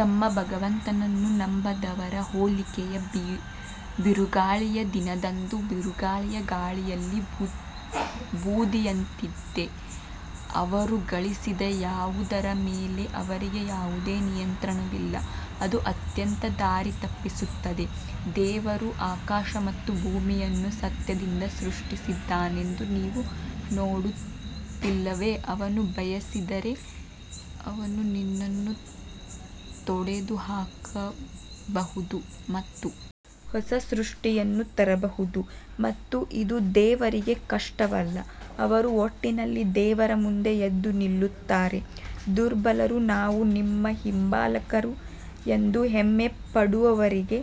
ತಮ್ಮ ಭಗವಂತನನ್ನು ನಂಬದವರ ಹೋಲಿಕೆಯು ಬಿರುಗಾಳಿಯ ದಿನದಂದು ಬಿರುಗಾಳಿಯ ಗಾಳಿಯಲ್ಲಿ ಬೂದಿಯಂತಿದೆ, ಅವರು ಗಳಿಸಿದ ಯಾವುದರ ಮೇಲೆ ಅವರಿಗೆ ಯಾವುದೇ ನಿಯಂತ್ರಣವಿಲ್ಲ ಅದು ಅತ್ಯಂತ ದಾರಿತಪ್ಪಿಸುತ್ತದೆ. ದೇವರು ಆಕಾಶ ಮತ್ತು ಭೂಮಿಯನ್ನು ಸತ್ಯದಿಂದ ಸೃಷ್ಟಿಸಿದ್ದಾನೆಂದು ನೀವು ನೋಡುತ್ತಿಲ್ಲವೇ, ಅವನು ಬಯಸಿದರೆ ಅವನು ನಿನ್ನನ್ನು ತೊಡೆದುಹಾಕಬಹುದು ಮತ್ತು ಹೊಸ ಸೃಷ್ಟಿಯನ್ನು ತರಬಹುದು ಮತ್ತು ಇದು ದೇವರಿಗೆ ಕಷ್ಟವಲ್ಲ ಅವರು ಒಟ್ಟಿನಲ್ಲಿ ದೇವರ ಮುಂದೆ ಎದ್ದು ನಿಲ್ಲುತ್ತಾರೆ ದುರ್ಬಲರು ನಾವು ನಿಮ್ಮ ಹಿಂಬಾಲಕರು ಎಂದು ಹೆಮ್ಮೆ ಪಡುವವರಿಗೆ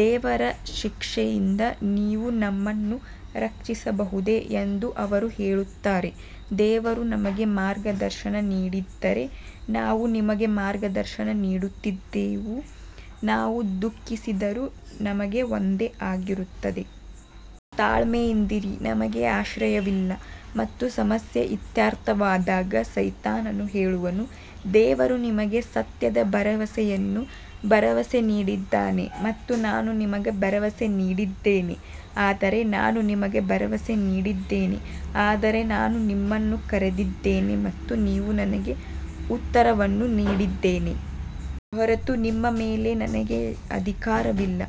ದೇವರ ಶಿಕ್ಷೆಯಿಂದ ನೀವು ನಮ್ಮನ್ನು ರಕ್ಷಿಸಬಹುದೇ ಎಂದು ಅವರು ಹೇಳುತ್ತಾರೆ ದೇವರು ನಮಗೆ ಮಾರ್ಗದರ್ಶನ ನೀಡಿದ್ದರೆ ನಾವು ನಿಮಗೆ ಮಾರ್ಗದರ್ಶನ ನೀಡುತ್ತಿದ್ದೆವು ನಾವು ದುಃಖಿಸಿದರೂ ನಮಗೆ ಒಂದೇ ಆಗಿರುತ್ತದೆ. ತಾಳ್ಮೆಯಿಂದಿರಿ ನಮಗೆ ಆಶ್ರಯವಿಲ್ಲ ಮತ್ತು ಸಮಸ್ಯೆ ಇತ್ಯರ್ಥವಾದಾಗ ಸೈತಾನನು ಹೇಳುವನು, ದೇವರು ನಿಮಗೆ ಸತ್ಯದ ಭರವಸೆಯನ್ನು ಭರವಸೆ ನೀಡಿದ್ದಾನೆ ಮತ್ತು ನಾನು ನಿಮಗೆ ಭರವಸೆ ನೀಡಿದ್ದೇನೆ ಆದರೆ ನಾನು ನಿಮಗೆ ಭರವಸೆ ನೀಡಿದ್ದೇನೆ ಆದರೆ ನಾನು ನಿಮ್ಮನ್ನು ಕರೆದಿದ್ದೇನೆ ಮತ್ತು ನೀವು ನನಗೆ ಉತ್ತರವನ್ನು ನೀಡಿದ್ದೇನೆ ಹೊರತು ನಿಮ್ಮ ಮೇಲೆ ನನಗೆ ಅಧಿಕಾರವಿಲ್ಲ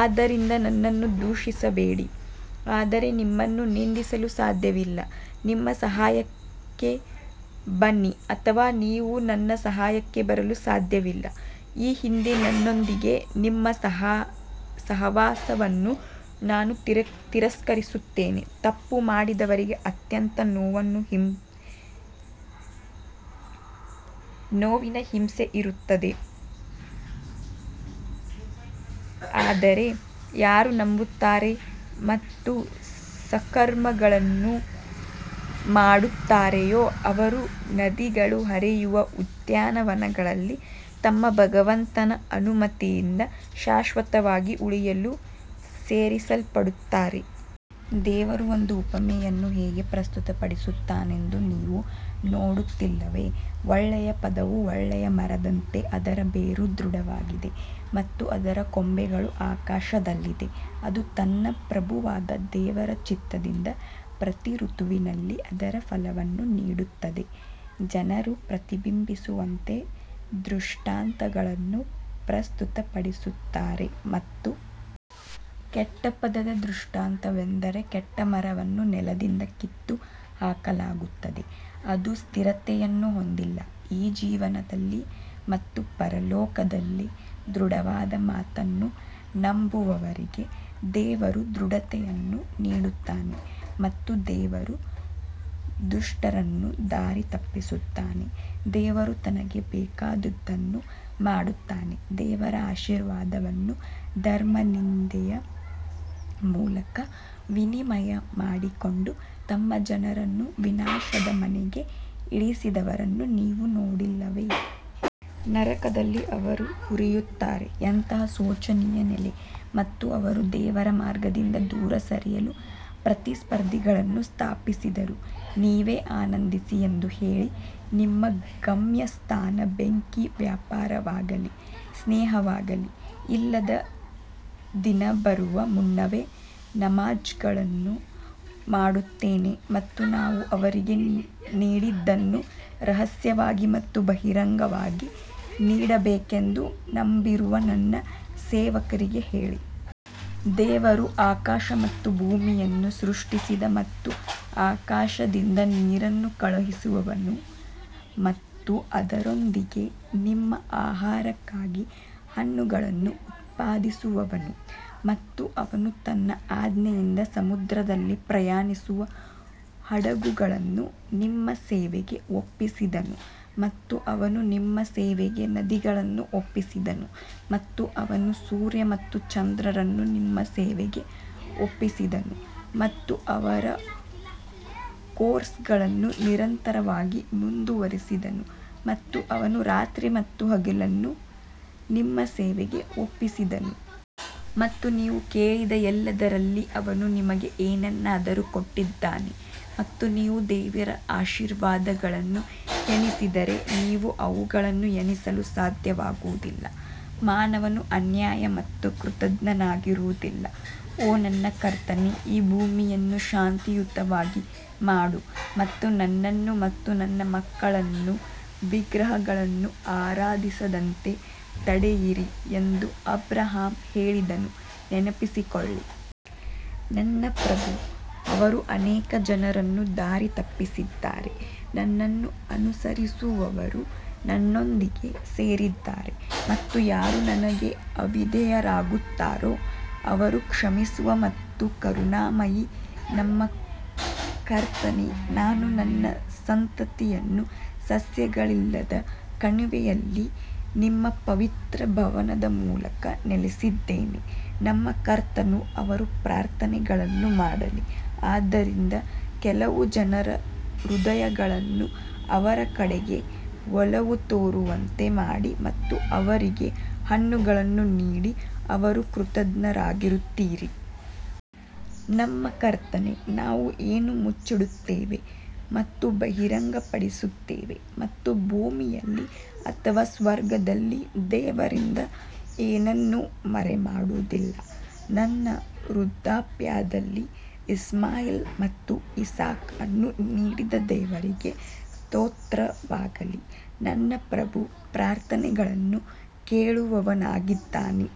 ಆದ್ದರಿಂದ ನನ್ನನ್ನು ದೂಷಿಸಬೇಡಿ ಆದರೆ ನಿಮ್ಮನ್ನು ನಿಂದಿಸಲು ಸಾಧ್ಯವಿಲ್ಲ ನಿಮ್ಮ ಸಹಾಯಕ್ಕೆ ಬನ್ನಿ ಅಥವಾ ನೀವು ನನ್ನ ಸಹಾಯಕ್ಕೆ ಬರಲು ಸಾಧ್ಯವಿಲ್ಲ ಈ ಹಿಂದೆ ನನ್ನೊಂದಿಗೆ ನಿಮ್ಮ ಸಹವಾಸವನ್ನು ನಾನು ತಿರಸ್ಕರಿಸುತ್ತೇನೆ ತಪ್ಪು ಮಾಡಿದವರಿಗೆ ಅತ್ಯಂತ ನೋವಿನ ಹಿಂಸೆ ಇರುತ್ತದೆ ಆದರೆ ಯಾರು ನಂಬುತ್ತಾರೆ ಮತ್ತು ಸತ್ಕರ್ಮಗಳನ್ನು ಮಾಡುತ್ತಾರೆಯೋ ಅವರು ನದಿಗಳು ಹರಿಯುವ ಉದ್ಯಾನವನಗಳಲ್ಲಿ ತಮ್ಮ ಭಗವಂತನ ಅನುಮತಿಯಿಂದ ಶಾಶ್ವತವಾಗಿ ಉಳಿಯಲು ಸೇರಿಸಲ್ಪಡುತ್ತಾರೆ. ದೇವರು ಒಂದು ಉಪಮೆಯನ್ನು ಹೇಗೆ ಪ್ರಸ್ತುತಪಡಿಸುತ್ತಾನೆಂದು ನೀವು ನೋಡುತ್ತಿಲ್ಲವೇ, ಒಳ್ಳೆಯ ಪದವು ಒಳ್ಳೆಯ ಮರದಂತೆ ಅದರ ಬೇರು ದೃಢವಾಗಿದೆ ಮತ್ತು ಅದರ ಕೊಂಬೆಗಳು ಆಕಾಶದಲ್ಲಿದೆ ಅದು ತನ್ನ ಪ್ರಭುವಾದ ದೇವರ ಚಿತ್ತದಿಂದ ಪ್ರತಿ ಋತುವಿನಲ್ಲಿ ಅದರ ಫಲವನ್ನು ನೀಡುತ್ತದೆ, ಜನರು ಪ್ರತಿಬಿಂಬಿಸುವಂತೆ ದೃಷ್ಟಾಂತಗಳನ್ನು ಪ್ರಸ್ತುತಪಡಿಸುತ್ತಾರೆ ಮತ್ತು ಕೆಟ್ಟ ಪದದ ದೃಷ್ಟಾಂತವೆಂದರೆ ಕೆಟ್ಟ ಮರವನ್ನು ನೆಲದಿಂದ ಕಿತ್ತುಹಾಕಲಾಗುತ್ತದೆ, ಅದು ಸ್ಥಿರತೆಯನ್ನು ಹೊಂದಿಲ್ಲ ಈ ಜೀವನದಲ್ಲಿ ಮತ್ತು ಪರಲೋಕದಲ್ಲಿ ದೃಢವಾದ ಮಾತನ್ನು ನಂಬುವವರಿಗೆ ದೇವರು ದೃಢತೆಯನ್ನು ನೀಡುತ್ತಾನೆ ಮತ್ತು ದೇವರು ದುಷ್ಟರನ್ನು ದಾರಿತಪ್ಪಿಸುತ್ತಾನೆ ದೇವರು ತನಗೆ ಬೇಕಾದುದನ್ನು ಮಾಡುತ್ತಾನೆ ದೇವರ ಆಶೀರ್ವಾದವನ್ನು ಧರ್ಮನಿಂದೆಯ ಮೂಲಕ ವಿನಿಮಯ ಮಾಡಿಕೊಂಡು ತಮ್ಮ ಜನರನ್ನು ವಿನಾಶದ ಮನೆಗೆ ಇಳಿಸಿದವರನ್ನು ನೀವು ನೋಡಿಲ್ಲವೇ? ನರಕದಲ್ಲಿ ಅವರು ಹುರಿಯುತ್ತಾರೆ ಎಂತಹ ಶೋಚನೀಯ ನೆಲೆ ಮತ್ತು ಅವರು ದೇವರ ಮಾರ್ಗದಿಂದ ದೂರ ಸರಿಯಲು ಪ್ರತಿಸ್ಪರ್ಧಿಗಳನ್ನು ಸ್ಥಾಪಿಸಿದರು, ನೀವೇ ಆನಂದಿಸಿ ಎಂದು ಹೇಳಿ ನಿಮ್ಮ ಗಮ್ಯಸ್ಥಾನ ಬೆಂಕಿ ವ್ಯಾಪಾರವಾಗಲಿ, ಸ್ನೇಹವಾಗಲಿ ಇಲ್ಲದ ದಿನ ಬರುವ ಮುನ್ನವೇ ನಮಾಝ್ಗಳನ್ನು ಮಾಡುತ್ತೇನೆ ಮತ್ತು ನಾವು ಅವರಿಗೆ ನೀಡಿದ್ದನ್ನು ರಹಸ್ಯವಾಗಿ ಮತ್ತು ಬಹಿರಂಗವಾಗಿ ನೀಡಬೇಕೆಂದು ನಂಬಿರುವ ನನ್ನ ಸೇವಕರಿಗೆ ಹೇಳಿ. ದೇವರು ಆಕಾಶ ಮತ್ತು ಭೂಮಿಯನ್ನು ಸೃಷ್ಟಿಸಿದ ಮತ್ತು ಆಕಾಶದಿಂದ ನೀರನ್ನು ಕಳುಹಿಸುವವನು ಮತ್ತು ಅದರೊಂದಿಗೆ ನಿಮ್ಮ ಆಹಾರಕ್ಕಾಗಿ ಹಣ್ಣುಗಳನ್ನು ಉತ್ಪಾದಿಸುವವನು ಮತ್ತು ಅವನು ತನ್ನ ಆಜ್ಞೆಯಿಂದ ಸಮುದ್ರದಲ್ಲಿ ಪ್ರಯಾಣಿಸುವ ಹಡಗುಗಳನ್ನು ನಿಮ್ಮ ಸೇವೆಗೆ ಒಪ್ಪಿಸಿದನು ಮತ್ತು ಅವನು ನಿಮ್ಮ ಸೇವೆಗೆ ನದಿಗಳನ್ನು ಒಪ್ಪಿಸಿದನು. ಮತ್ತು ಅವನು ಸೂರ್ಯ ಮತ್ತು ಚಂದ್ರರನ್ನು ನಿಮ್ಮ ಸೇವೆಗೆ ಒಪ್ಪಿಸಿದನು ಮತ್ತು ಅವರ ಕೋರ್ಸ್ಗಳನ್ನು ನಿರಂತರವಾಗಿ ಮುಂದುವರಿಸಿದನು ಮತ್ತು ಅವನು ರಾತ್ರಿ ಮತ್ತು ಹಗಲನ್ನು ನಿಮ್ಮ ಸೇವೆಗೆ ಒಪ್ಪಿಸಿದನು. ಮತ್ತು ನೀವು ಕೇಳಿದ ಎಲ್ಲದರಲ್ಲಿ ಅವನು ನಿಮಗೆ ಏನನ್ನಾದರೂ ಕೊಟ್ಟಿದ್ದಾನೆ ಮತ್ತು ನೀವು ದೇವರ ಆಶೀರ್ವಾದಗಳನ್ನು ಎಣಿಸಿದರೆ ನೀವು ಅವುಗಳನ್ನು ಎಣಿಸಲು ಸಾಧ್ಯವಾಗುವುದಿಲ್ಲ ಮಾನವನು ಅನ್ಯಾಯ ಮತ್ತು ಕೃತಜ್ಞನಾಗಿರುವುದಿಲ್ಲ ಓ ನನ್ನ ಕರ್ತನೇ ಈ ಭೂಮಿಯನ್ನು ಶಾಂತಿಯುತವಾಗಿ ಮಾಡು ಮತ್ತು ನನ್ನನ್ನು ಮತ್ತು ನನ್ನ ಮಕ್ಕಳನ್ನು ವಿಗ್ರಹಗಳನ್ನು ಆರಾಧಿಸದಂತೆ ತಡೆಯಿರಿ ಎಂದು ಅಬ್ರಹಾಂ ಹೇಳಿದ್ದನ್ನು ನೆನಪಿಸಿಕೊಳ್ಳಿ. ನನ್ನ ಪ್ರಭೂ ಅವರು ಅನೇಕ ಜನರನ್ನು ದಾರಿ ತಪ್ಪಿಸಿದ್ದಾರೆ ನನ್ನನ್ನು ಅನುಸರಿಸುವವರು ನನ್ನೊಂದಿಗೆ ಸೇರಿದ್ದಾರೆ ಮತ್ತು ಯಾರು ನನಗೆ ಅವಿಧೇಯರಾಗುತ್ತಾರೋ ಅವರು ಕ್ಷಮಿಸುವ ಮತ್ತು ಕರುಣಾಮಯಿ ನಮ್ಮ ಕರ್ತನೇ ನಾನು ನನ್ನ ಸಂತತಿಯನ್ನು ಸಸ್ಯಗಳಿಲ್ಲದ ಕಣಿವೆಯಲ್ಲಿ ನಿಮ್ಮ ಪವಿತ್ರ ಭವನದ ಮೂಲಕ ನೆಲೆಸಿದ್ದೇನೆ ನಮ್ಮ ಕರ್ತನು ಅವರು ಪ್ರಾರ್ಥನೆಗಳನ್ನು ಮಾಡಲಿ, ಆದ್ದರಿಂದ ಕೆಲವು ಜನರ ಹೃದಯಗಳನ್ನು ಅವರ ಕಡೆಗೆ ಒಲವು ತೋರುವಂತೆ ಮಾಡಿ ಮತ್ತು ಅವರಿಗೆ ಹಣ್ಣುಗಳನ್ನು ನೀಡಿ ಅವರು ಕೃತಜ್ಞರಾಗಿರುತ್ತೀರಿ. ನಮ್ಮ ಕರ್ತನೇ, ನಾವು ಏನು ಮುಚ್ಚಿಡುತ್ತೇವೆ ಮತ್ತು ಬಹಿರಂಗಪಡಿಸುತ್ತೇವೆ ಮತ್ತು ಭೂಮಿಯಲ್ಲಿ ಅಥವಾ ಸ್ವರ್ಗದಲ್ಲಿ ದೇವರಿಂದ ಏನನ್ನೂ ಮರೆಮಾಡುವುದಿಲ್ಲ ನನ್ನ ವೃದ್ಧಾಪ್ಯದಲ್ಲಿ ಇಸ್ಮಾಯಿಲ್ ಮತ್ತು ಇಸಾಕ್ ಅನ್ನು ನೀಡಿದ ದೇವರಿಗೆ ಸ್ತೋತ್ರವಾಗಲಿ, ನನ್ನ ಪ್ರಭು ಪ್ರಾರ್ಥನೆಗಳನ್ನು ಕೇಳುವವನಾಗಿದ್ದಾನೆ.